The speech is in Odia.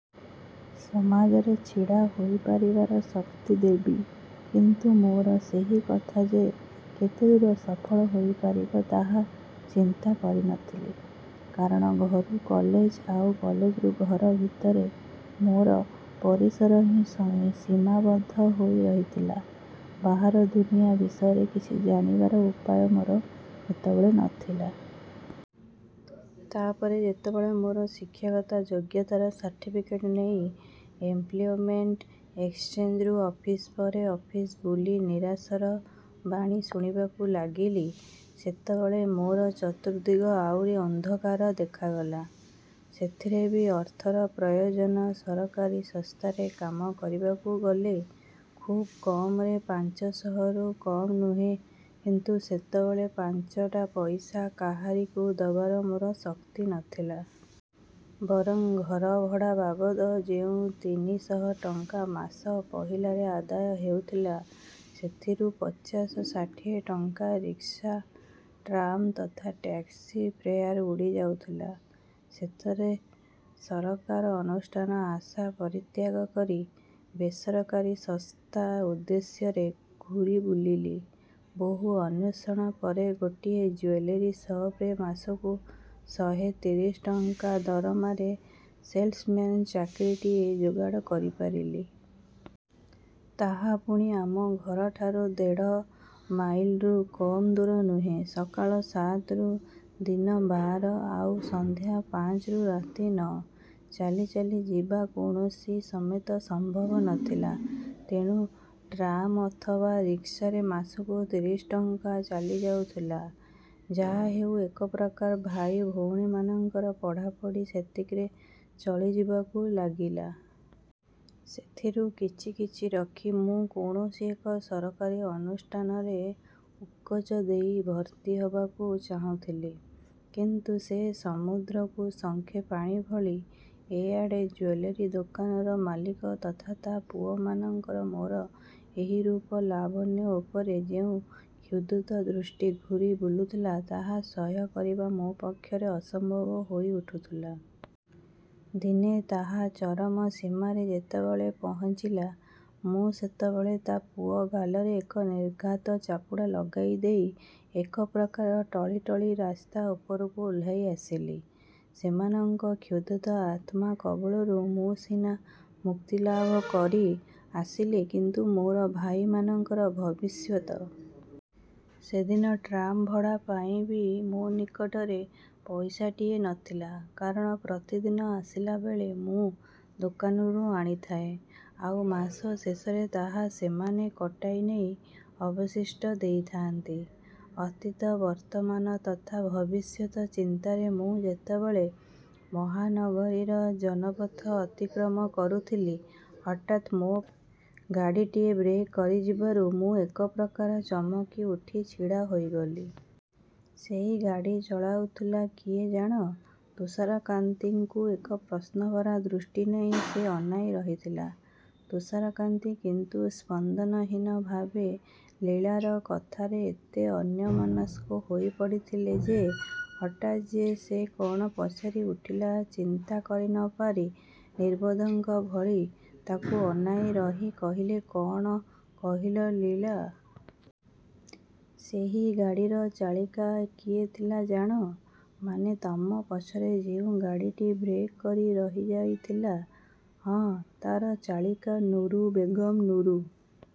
ସମାଜରେ ଛିଡ଼ା ହୋଇପାରିବାର ଶକ୍ତି ଦେବି। କିନ୍ତୁ ମୋର ସେହି କଥା ଯେ କେତେଦୂର ସଫଳ ହୋଇପାରିବ, ତାହା ଚିନ୍ତା କରିନଥିଲି। କାରଣ ଘରୁ କଲେଜ ଆଉ କଲେଜରୁ ଘର ଭିତରେ ମୋର ପରିସର ହିଁ ସୀମାବଦ୍ଧ ହୋଇ ରହିଥିଲା। ବାହାର ଦୁନିଆ ବିଷୟରେ କିଛି ଜାଣିବାର ଉପାୟ ମୋର ସେତେବେଳେ ନଥିଲା। ତା ପରେ ଯେତେବେଳେ ମୋର ଶିକ୍ଷାଗତ ଯୋଗ୍ୟତାର ସାର୍ଟିଫିକେଟ୍ ନେଇ ଏମ୍ପ୍ଲୋୟମେଣ୍ଟ ଏକ୍ସଚେଞ୍ଜରୁ ଅଫିସ୍ ପରେ ଅଫିସ୍ ବୁଲି ନିରାଶାର ବାଣୀ ଶୁଣିବାକୁ ଲାଗିଲି, ସେତେବେଳେ ମୋର ଚତୁର୍ଦ୍ଦିଗ ଆହୁରି ଅନ୍ଧକାର ଦେଖାଗଲା। ସେଥିରେ ବି ଅର୍ଥର ପ୍ରୟୋଜନ। ସରକାରୀ ସଂସ୍ଥାରେ କାମ କରିବାକୁ ଗଲେ ଖୁବ୍ କମ୍‌ରେ ପାଞ୍ଚ ଶହରୁ କମ୍ ନୁହେଁ କିନ୍ତୁ ସେତେବେଳେ ପାଞ୍ଚଟା ପଇସା କାହାରିକୁ ଦେବାର ମୋର ଶକ୍ତି ନଥିଲା। ବରଂ ଘରଭଡ଼ା ବାବଦ ଯେଉଁ ତିନି ଶହ ଟଙ୍କା ମାସ ପହିଲାରେ ଆଦାୟ ହେଉଥିଲା, ସେଥିରୁ ପଚାଶ ଷାଠିଏ ଟଙ୍କା ରିକ୍ସା, ଟ୍ରାମ୍ ତଥା ଟ୍ୟାକ୍ସି ଫେୟାର୍‌ରେ ଉଡ଼ିଯାଉଥିଲା। ଶେଷରେ ସରକାରୀ ଅନୁଷ୍ଠାନ ଆଶା ପରିତ୍ୟାଗ କରି ବେସରକାରୀ ସଂସ୍ଥା ଉଦ୍ଦେଶ୍ୟରେ ଘୂରି ବୁଲିଲି। ବହୁ ଅନ୍ୱେଷଣ ପରେ ଗୋଟିଏ ଜୁଏଲାରୀ ସପ୍‌ରେ ମାସକୁ ଶହେ ତିରିଶ ଟଙ୍କା ଦରମାରେ ସେଲ୍ସମ୍ୟାନ୍ ଚାକିରିଟିଏ ଯୋଗାଡ଼ କରିପାରିଲି। ତାହା ପୁଣି ଆମ ଘରଠାରୁ ଦେଢ଼ ମାଇଲ୍‌ରୁ କମ୍ ଦୂର ନୁହେଁ। ସକାଳ ସାତରୁ ଦିନ ବାର, ଆଉ ସନ୍ଧ୍ୟା ପାଞ୍ଚରୁ ରାତି ନଅ। ଚାଲି ଚାଲି ଯିବା କୌଣସିମତେ ସମ୍ଭବ ନଥିଲା। ତେଣୁ ଟ୍ରାମ୍ ଅଥବା ରିକ୍ସାରେ ମାସକୁ ତିରିଶ ଟଙ୍କା ଚାଲିଯାଉଥିଲା। ଯାହା ହେଉ, ଏକ ପ୍ରକାର ଭାଇ ଭଉଣୀମାନଙ୍କର ପଢ଼ାପଢ଼ି ସେତିକିରେ ଚଳିଯିବାକୁ ଲାଗିଲା। ସେଥିରୁ କିଛି କିଛି ରଖି ମୁଁ କୌଣସି ଏକ ସରକାରୀ ଅନୁଷ୍ଠାନରେ ଉତ୍କୋଚ ଦେଇ ଭର୍ତ୍ତି ହେବାକୁ ଚାହୁଁଥିଲି। କିନ୍ତୁ ସେ ସମୁଦ୍ରକୁ ଶଙ୍ଖେ ପାଣି ଭଳି। ଏ ଆଡ଼େ ଜୁଏଲାରୀ ଦୋକାନର ମାଲିକ ତଥା ତା ପୁଅମାନଙ୍କର ମୋର ଏହି ରୂପ ଲାବଣ୍ୟ ଉପରେ ଯେଉଁ କ୍ଷୁଧିତ ଦୃଷ୍ଟି ଘୂରି ବୁଲୁଥିଲା, ତାହା ସହ୍ୟ କରିବା ମୋ ପକ୍ଷରେ ଅସମ୍ଭବ ହୋଇଉଠୁଥିଲା। ଦିନେ ତାହା ଚରମ ସୀମାରେ ଯେତେବେଳେ ପହଞ୍ଚିଲା, ମୁଁ ସେତେବେଳେ ତା ପୁଅ ଗାଲରେ ଏକ ନିର୍ଘାତ ଚାପୁଡ଼ା ଲଗାଇ ଦେଇ ଏକପ୍ରକାର ଟଳି ଟଳି ରାସ୍ତା ଉପରକୁ ଓହ୍ଲାଇ ଆସିଲି। ସେମାନଙ୍କ କ୍ଷୁଧିତ ଆତ୍ମା କବଳରୁ ମୁଁ ସିନା ମୁକ୍ତିଲାଭ କରି ଆସିଲି କିନ୍ତୁ ମୋର ଭାଇମାନଙ୍କର ଭବିଷ୍ୟତ- ସେଦିନ ଟ୍ରାମ୍ ଭଡ଼ା ପାଇଁ ବି ମୋ ନିକଟରେ ପଇସାଟିଏ ନଥିଲା। କାରଣ ପ୍ରତିଦିନ ଆସିଲାବେଳେ ମୁଁ ଦୋକାନରୁ ଆଣିଥାଏ। ଆଉ ମାସ ଶେଷରେ ତାହା ସେମାନେ କଟାଇ ନେଇ ଅବଶିଷ୍ଟ ଦେଇଥାଆନ୍ତି। ଅତୀତ, ବର୍ତ୍ତମାନ ତଥା ଭବିଷ୍ୟତ ଚିନ୍ତାରେ ମୁଁ ଯେତେବେଳେ ମହାନଗରୀର ଜନପଥ ଅତିକ୍ରମ କରୁଥିଲି, ହଠାତ୍ ମୋ ପଛରେ ଗାଡ଼ିଟିଏ ବ୍ରେକ୍ କରିଯିବାରୁ ମୁଁ ଏକପ୍ରକାର ଚମକିଉଠି ଛିଡ଼ା ହୋଇଗଲି। ସେହି ଗାଡ଼ି ଚଳାଉଥିଲା କିଏ ଜାଣ? ତୁଷାରକାନ୍ତିଙ୍କୁ ଏକ ପ୍ରଶ୍ନଭରା ଦୃଷ୍ଟି ନେଇ ସେ ଅନାଇ ରହିଥିଲା। ତୁଷାରକାନ୍ତି କିନ୍ତୁ ସ୍ପନ୍ଦନହୀନ ଭାବେ ଲୀଳାର କଥାରେ ଏତେ ଅନ୍ୟମନସ୍କ ହୋଇପଡ଼ିଥିଲେ ଯେ, ହଠାତ୍ ଯେ ସେ କଣ ପଚାରିଉଠିଲା, ଚିନ୍ତା କରି ନ ପାରି ନିର୍ବୋଧଙ୍କ ଭଳି ତାକୁ ଅନାଇ ରହି କହିଲେ, କଣ କହିଲ ଲୀଳା? ସେହି ଗାଡ଼ିର ଚାଳିକା କିଏ ଥିଲା ଜାଣ? ମାନେ ତମ ପଛରେ ଯେଉଁ ଗାଡ଼ିଟି ବ୍ରେକ୍ କରି ରହିଯାଇଥିଲା? ହଁ, ତାହାର ଚାଳିକା ନୁରୁ ବେଗମ୍। ନୁରୁ